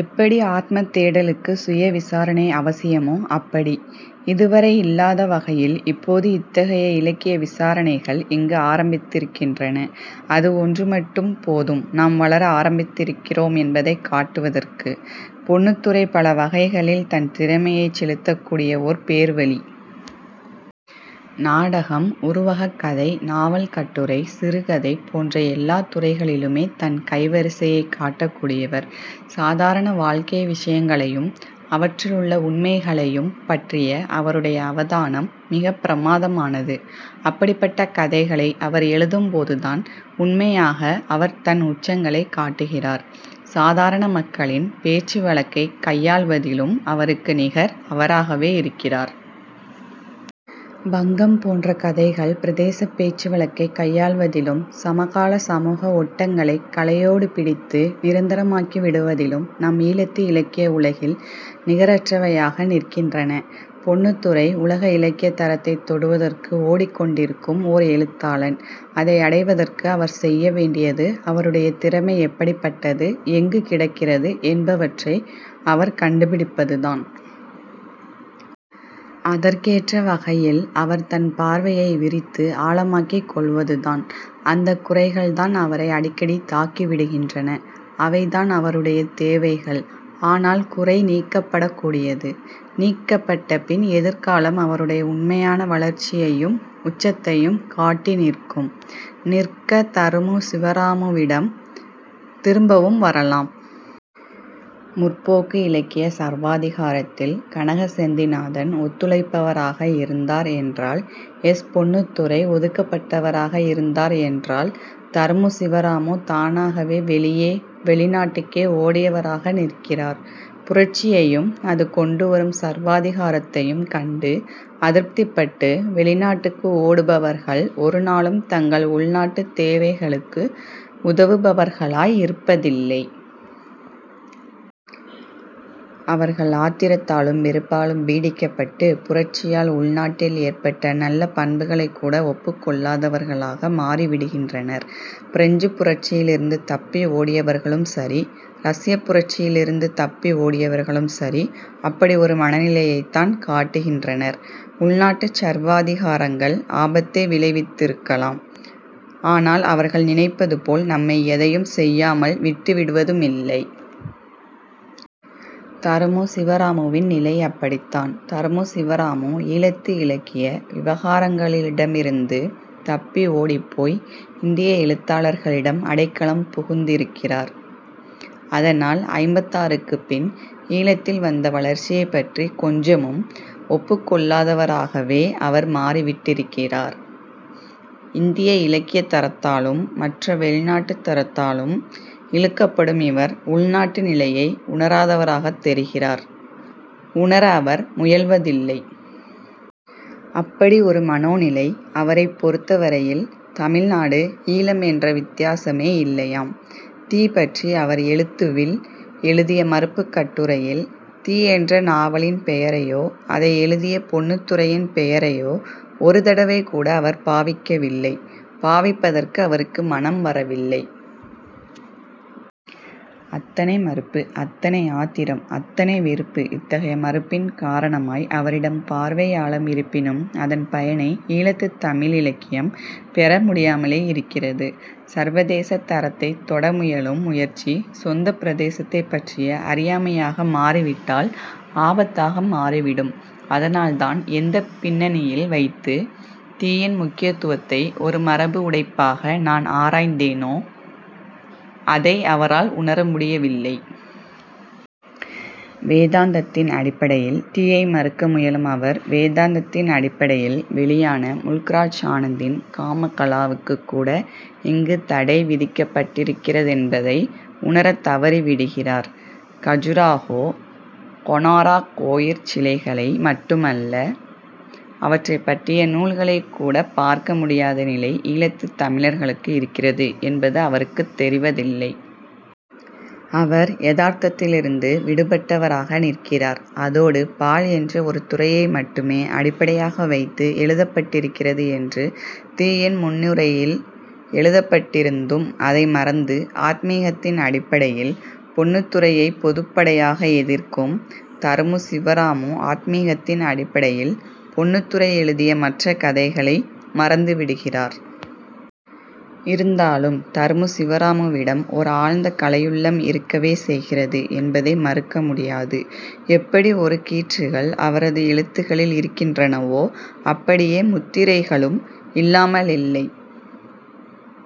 எப்படி ஆத்மத் தேடலுக்கு சுய விசாரணை அவசியமோ அப்படி. இதுவரை இல்லாத வகையில் இப்போது இத்தகைய இலக்கிய விசாரணைகள் இங்கு ஆரம்பித்திருக்கின்றன. அது ஒன்று மட்டும் போதும் நாம் வளர ஆரம்பித்திருக்கிறோம் என்பதை காட்வதற்கு. பொன்னுத்துரை பல வகைகளில் தன் திறமையைச் செலுத்தக்கூடிய ஓர் பேர்வழி. நாடகம், உருவகக் கதை, நாவல், கட்டுரை, சிறுகதை போன்ற எல்லாத் துறைகளிலுமே தன் கைவரிசையைக் காட்டக் கூடியவர். சாதாரண வாழ்க்கை விசயங்களையும் அவற்றிலுள்ள உண்மைகளையும் பற்றிய அவருடைய அவதானம் மிகப் பிரமாதமானது. அப்படிப்பட்ட கதைகளை அவர் எழுதும்போதுதான் உண்மையாக அவர் தன் உச்சங்களைக் காட்டுகிறார். சாதாரண மக்களின் பேச்சு வழக்கைக் கையாள்வதிலும் அவருக்கு நிகர் அவராகவே இருக்கிறார். 'பங்கம்' போன்ற கதைகள் பிரதேசப் பேச்சுவழக்கைக் கையாள்வதிலும் சமகால சமூக ஒட்டங்களைக் கலையோடு பிடித்து நிரந்தரமாக்கிவிடுவதிலும் நம் ஈழத்து இலக்கிய உலகில் நிகரற்றவையாக நிற்கின்றன. பொன்னுத்துரை உலக இலக்கியத் தரத்தைத் தொடுவதற்கு ஓடிக்கொண்டிருக்கும் ஓர் எழுத்தாளன். அதை அடைவதற்கு அவர் செய்ய வேண்டியது, அவருடைய திறமை எப்படிப்பட்டது, எங்கு கிடக்கிறது என்பவற்றை அவர் கண்டுபிடிப்பதுதான். அதற்கேற்ற வகையில் அவர் தன் பார்வையை விரித்து ஆழமாக்கிக் கொள்வதுதான். அந்தக் குறைகள்தான் அவரை அடிக்கடி தாக்கிவிடுகின்றன. அவைதான் அவருடைய தேவைகள். ஆனால் குறை நீக்கப்படக்கூடியது. நீக்கப்பட்ட பின் எதிர்காலம் அவருடைய உண்மையான வளர்ச்சியையும் உச்சத்தையும் காட்டி நிற்கும். நிற்க, தருமு சிவராமுவிடம் திரும்பவும் வரலாம். 'முற்போக்கு' இலக்கிய சர்வாதிகாரத்தில் கனக செந்திநாதன் ஒத்துழைப்பவராக இருந்தார் என்றால், எஸ். பொன்னுத்துரை ஒதுக்கப்பட்டவராக இருந்தார் என்றால், தருமு சிவராமு தானாகவே வெளியே, வெளிநாட்டுக்கே ஓடியவராக நிற்கிறார். புரட்சியையும் அது கொண்டுவரும் சர்வாதிகாரத்தையும் கண்டு அதிருப்திப்பட்டு வெளிநாட்டுக்கு ஓடுபவர்கள் ஒரு நாளும் தங்கள் உள்நாட்டுத் தேவைகளுக்கு உதவுபவர்களாய் இருப்பதில்லை. அவர்கள் ஆத்திரத்தாலும் வெறுப்பாலும் பீடிக்கப்பட்டு, புரட்சியால் உள்நாட்டில் ஏற்பட்ட நல்ல பண்புகளைக் கூட ஒப்புக்கொள்ளாதவர்களாக மாறிவிடுகின்றனர். பிரெஞ்சுப் புரட்சியிலிருந்து தப்பி ஓடியவர்களும் சரி, ரஷ்யப் புரட்சியிலிருந்து தப்பி ஓடியவர்களும் சரி, அப்படி ஒரு மனநிலையைத்தான் காட்டுகின்றனர். உள்நாட்டுச் சர்வாதிகாரங்கள் ஆபத்தை விளைவித்திருக்கலாம். ஆனால் அவர்கள் நினைப்பதுபோல் நம்மை எதையும் செய்யாமல் விட்டுவிடுவதுமில்லை. தருமு சிவராமுவின் நிலை அப்படித்தான். தருமு சிவராமு, ஈழத்து இலக்கிய விவகாரங்களிடமிருந்து தப்பி ஓடிப்போய் இந்திய எழுத்தாளர்களிடம் அடைக்கலம் புகுந்திருக்கிறார். அதனால் ஐம்பத்தாறுக்குப் பின் ஈழத்தில் வந்த வளர்ச்சியைப்பற்றிக் கொஞ்சமும் ஒப்புக்கொள்ளாதவராகவே அவர் மாறிவிட்டிருக்கிறார். இந்திய இலக்கியத் தரத்தாலும் மற்ற வெளிநாட்டுத் தரத்தாலும் இழுக்கப்படும் இவர் உள்நாட்டு நிலையை உணராதவராகத் தெரிகிறார்; உணர அவர் முயல்வதில்லை. அப்படி ஒரு மனோநிலை! அவரைப் பொருத்தவரையில் தமிழ்நாடு, ஈழம் என்ற வித்தியாசமே இல்லையாம்! 'தீ' பற்றி அவர் 'எழுத்து'வில் எழுதிய மறுப்புக் கட்டுரையில் 'தீ' என்ற நாவலின் பெயரையோ அதை எழுதிய பொன்னுத்துரையின் பெயரையோ ஒரு தடவைகூட அவர் பாவிக்கவில்லை. பாவிப்பதற்கு அவருக்கு மனம் வரவில்லை. அத்தனை மறுப்பு, அத்தனை ஆத்திரம், அத்தனை வெறுப்பு. இத்தகைய மறுப்பின் காரணமாய் அவரிடம் பார்வை ஆழம் இருப்பினும் அதன் பயனை ஈழத்துத் தமிழ் இலக்கியம் பெற முடியாமலே இருக்கிறது. சர்வதேசத் தரத்தைத் தொட முயலும் முயற்சி சொந்தப் பிரதேசத்தைப்பற்றிய அறியாமையாக மாறிவிட்டால் ஆபத்தாக மாறிவிடும். அதனால்தான் எந்தப் பின்னணியில் வைத்து 'தீ'யின் முக்கியத்துவத்தை ஒரு மரபு உடைப்பாக நான் ஆராய்ந்தேனோ அதை அவரால் உணர முடியவில்லை. வேதாந்தத்தின் அடிப்படையில் 'தீ'யை மறுக்க முயலும் அவர் வேதாந்தத்தின் அடிப்படையில் வெளியான முல்க்ராஜ் ஆனந்தின் 'காமகலா'வுக்குக் கூட இங்கு தடை விதிக்கப்பட்டிருக்கிறதென்பதை உணரத் தவறிவிடுகிறார். கஜுராஹோ, கொனோராக் கோயிற் சிலைகளை மட்டுமல்ல, அவற்றைப்பற்றிய நூல்களைக்கூடப் பார்க்க முடியாத நிலை ஈழத்துத் தமிழர்களுக்கு இருக்கிறது என்பது அவருக்குத் தெரிவதில்லை. அவர் யதார்த்தத்திலிருந்து விடுபட்டவராக நிற்கிறார். அதோடு பால் என்ற ஒரு துறையை மட்டுமே அடிப்படையாக வைத்து எழுதப்பட்டிருக்கிறது என்று 'தீ'யின் முன்னுரையில் எழுதப்பட்டிருந்தும் அதை மறந்து, ஆத்மீகத்தின் அடிப்படையில் பொன்னுத்துரையைப் பொதுப்படையாக எதிர்க்கும் தருமு சிவராமு ஆத்மீகத்தின் அடிப்படையில் பொன்னுத்துரை எழுதிய மற்ற கதைகளை மறந்துவிடுகிறார். இருந்தாலும் தருமு சிவராமுவிடம் ஓர் ஆழ்ந்த கலையுள்ளம் இருக்கவே செய்கிறது என்பதை மறுக்க முடியாது. எப்படி ஒரு கீற்றுகள் அவரது எழுத்துகளில் இருக்கின்றனவோ அப்படியே முத்திரைகளும் இல்லாமலில்லை.